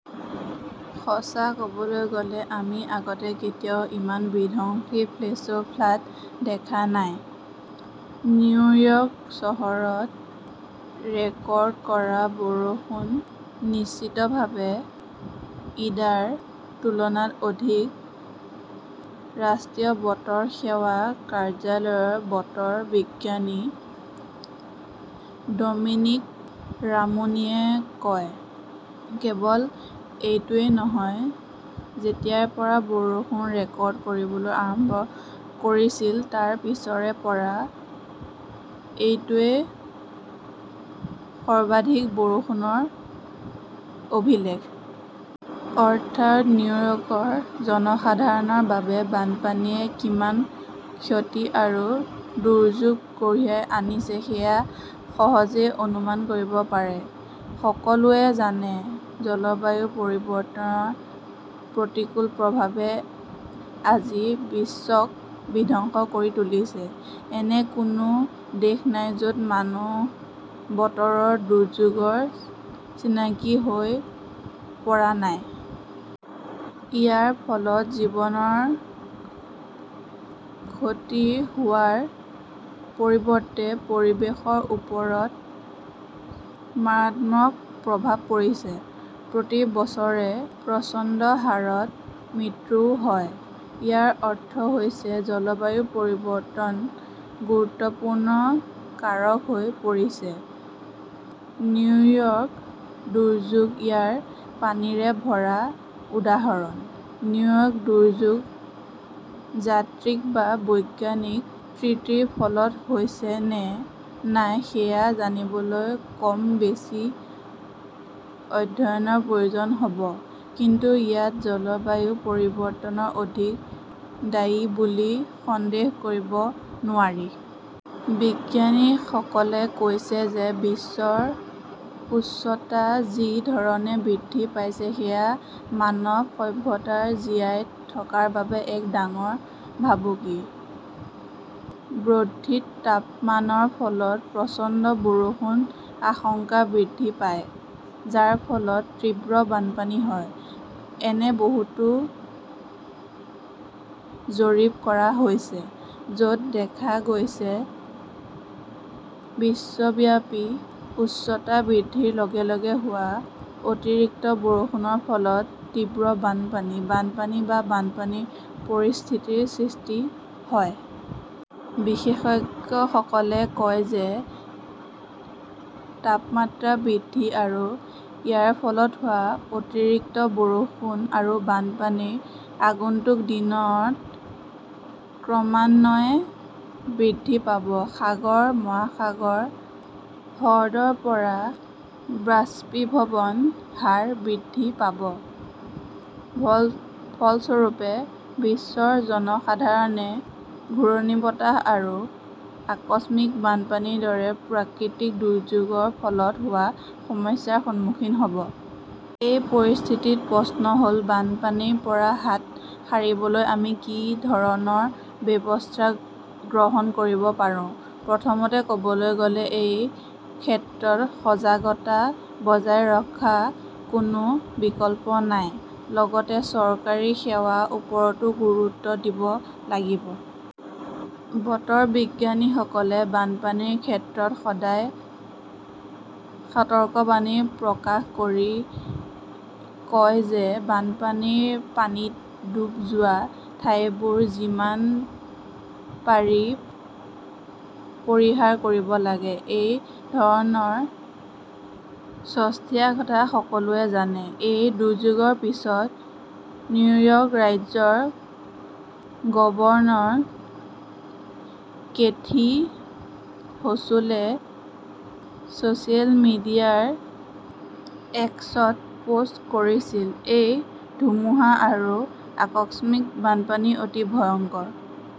সঁচা ক'বলৈ গ'লে, আমি আগতে কেতিয়াও ইমান বিধ্বংসী ফ্লেশ্ব ফ্লাড' দেখা নাই, নিউয়ৰ্ক চহৰত ৰেকৰ্ড কৰা বৰষুণ নিশ্চিতভাৱে ইডাৰ তুলনাত অধিক, ৰাষ্ট্ৰীয় বতৰ সেৱা কাৰ্যালয়ৰ বতৰ বিজ্ঞানী ডমিনিক ৰামুনীয়ে কয়। কেৱল এইটোৱেই নহয়, যেতিয়াৰ পৰা বৰষুণ ৰেকৰ্ড কৰিবলৈ আৰম্ভ কৰিছিল তাৰ পিছৰে পৰা এইটোৱেই সৰ্বাধিক বৰষুণৰ অভিলেখ। অৰ্থাৎ, নিউয়ৰ্কৰ জনসাধাৰণৰ বাবে বানপানীয়ে কিমান ক্ষতি আৰু দুৰ্যোগ কঢ়িয়াই আনিছে সেয়া সহজেই অনুমান কৰিব পাৰি। সকলোৱে জানে, জলবায়ু পৰিৱৰ্তনৰ প্ৰতিকূল প্ৰভাৱে আজি বিশ্বক বিধ্বস্ত কৰি তুলিছে। এনে কোনো দেশ নাই য'ত মানুহ বতৰৰ দুৰ্যোগৰ চিকাৰী হৈ পৰা নাই। ইয়াৰ ফলত জীৱনৰ ক্ষতি হোৱাৰ বিপৰীতে পৰিৱেশৰ ওপৰত মাৰাত্মক প্ৰভাৱ পৰিছে। প্ৰতি বছৰে প্ৰচণ্ড হাৰত মৃত্যুও হয়। ইয়াৰ অৰ্থ হৈছে জলবায়ু পৰিৱৰ্তন গুৰুত্বপূৰ্ণ কাৰক হৈ পৰিছে। নিউয়ৰ্কৰ দুৰ্যোগ ইয়াৰ পানীৰে ভৰা উদাহৰণ। নিউয়ৰ্কৰ দুৰ্যোগ যান্ত্ৰিক বা বৈজ্ঞানিক ত্ৰুটিৰ ফলত হৈছে নে নাই সেয়া জানিবলৈ কম বেছি অধ্যয়নৰ প্ৰয়োজন হ'ব, কিন্তু ইয়াত জলবায়ু পৰিৱৰ্তন অধিক দায়ী বুলি সন্দেহ কৰিব নোৱাৰি। বিজ্ঞানীসকলে কৈছে যে বিশ্বৰ উষ্ণতা যি ধৰণে বৃদ্ধি পাইছে সেয়া মানৱ সভ্যতাৰ জীয়াই থকাৰ বাবে এক ডাঙৰ ভাবুকি। বৰ্ধিত তাপমাত্ৰাৰ ফলত প্ৰচণ্ড বৰষুণৰ আশংকা বৃদ্ধি পায়, যাৰ ফলত তীব্ৰ বানপানী হয়। এনে বহুতো জৰীপ কৰা হৈছে, য'ত দেখা গৈছে বিশ্বব্যাপী উষ্ণতা বৃদ্ধিৰ লগে লগে হোৱা অতিৰিক্ত বৰষুণৰ ফলত তীব্ৰ বানপানী, বানপানী বা বানপানীৰ পৰিস্থিতিৰ সৃষ্টি হয়। বিশেষজ্ঞসকলে কয় যে তাপমাত্ৰা বৃদ্ধি আৰু ইয়াৰ ফলত হোৱা অতিৰিক্ত বৰষুণ আৰু বানপানী আগন্তুক দিনবোৰত ক্ৰমান্বয়ে বৃদ্ধি পাব। সাগৰ-মহাসাগৰ, হ্ৰদৰ পৰা বাষ্পীভৱনৰ হাৰ বৃদ্ধি পাব। ফলস্বৰূপে, বিশ্বৰ জনসাধাৰণে ঘূৰ্ণীবতাহ আৰু আকস্মিক বানপানীৰ দৰে প্ৰাকৃতিক দুৰ্যোগৰ ফলত হোৱা সমস্যাৰ সন্মুখীন হ'ব। এই পৰিস্থিতিত প্ৰশ্নটো হ'ল, বানপানীৰ পৰা হাত সাৰিবলৈ আমি কি ধৰণৰ ব্যৱস্থা গ্ৰহণ কৰিব পাৰোঁ? প্ৰথমে ক'বলৈ গ'লে, এই ক্ষেত্ৰত সজাগতা বজাই ৰখাৰ কোনো বিকল্প নাই। লগতে চৰকাৰী সেৱাৰ ওপৰতো গুৰুত্ব দিব লাগিব। বতৰ বিজ্ঞানীসকলে বানপানীৰ ক্ষেত্ৰত সদায় সতৰ্কবাণী প্ৰকাশ কৰি কয় যে বানপানীৰ পানীত ডুব যোৱা ঠাইবোৰ যিমান পাৰি পৰিহাৰ কৰিব লাগে। এই ধৰণৰ সস্তীয়া কথা সকলোৱে জানে। এই দুৰ্যোগৰ পিছত, নিউয়ৰ্ক ৰাজ্যৰ governor Kathy Hochul social media এক্সত পোষ্ট কৰিছিল, এই ধুমুহা আৰু আকস্মিক বানপানী অতি ভয়ংকৰ।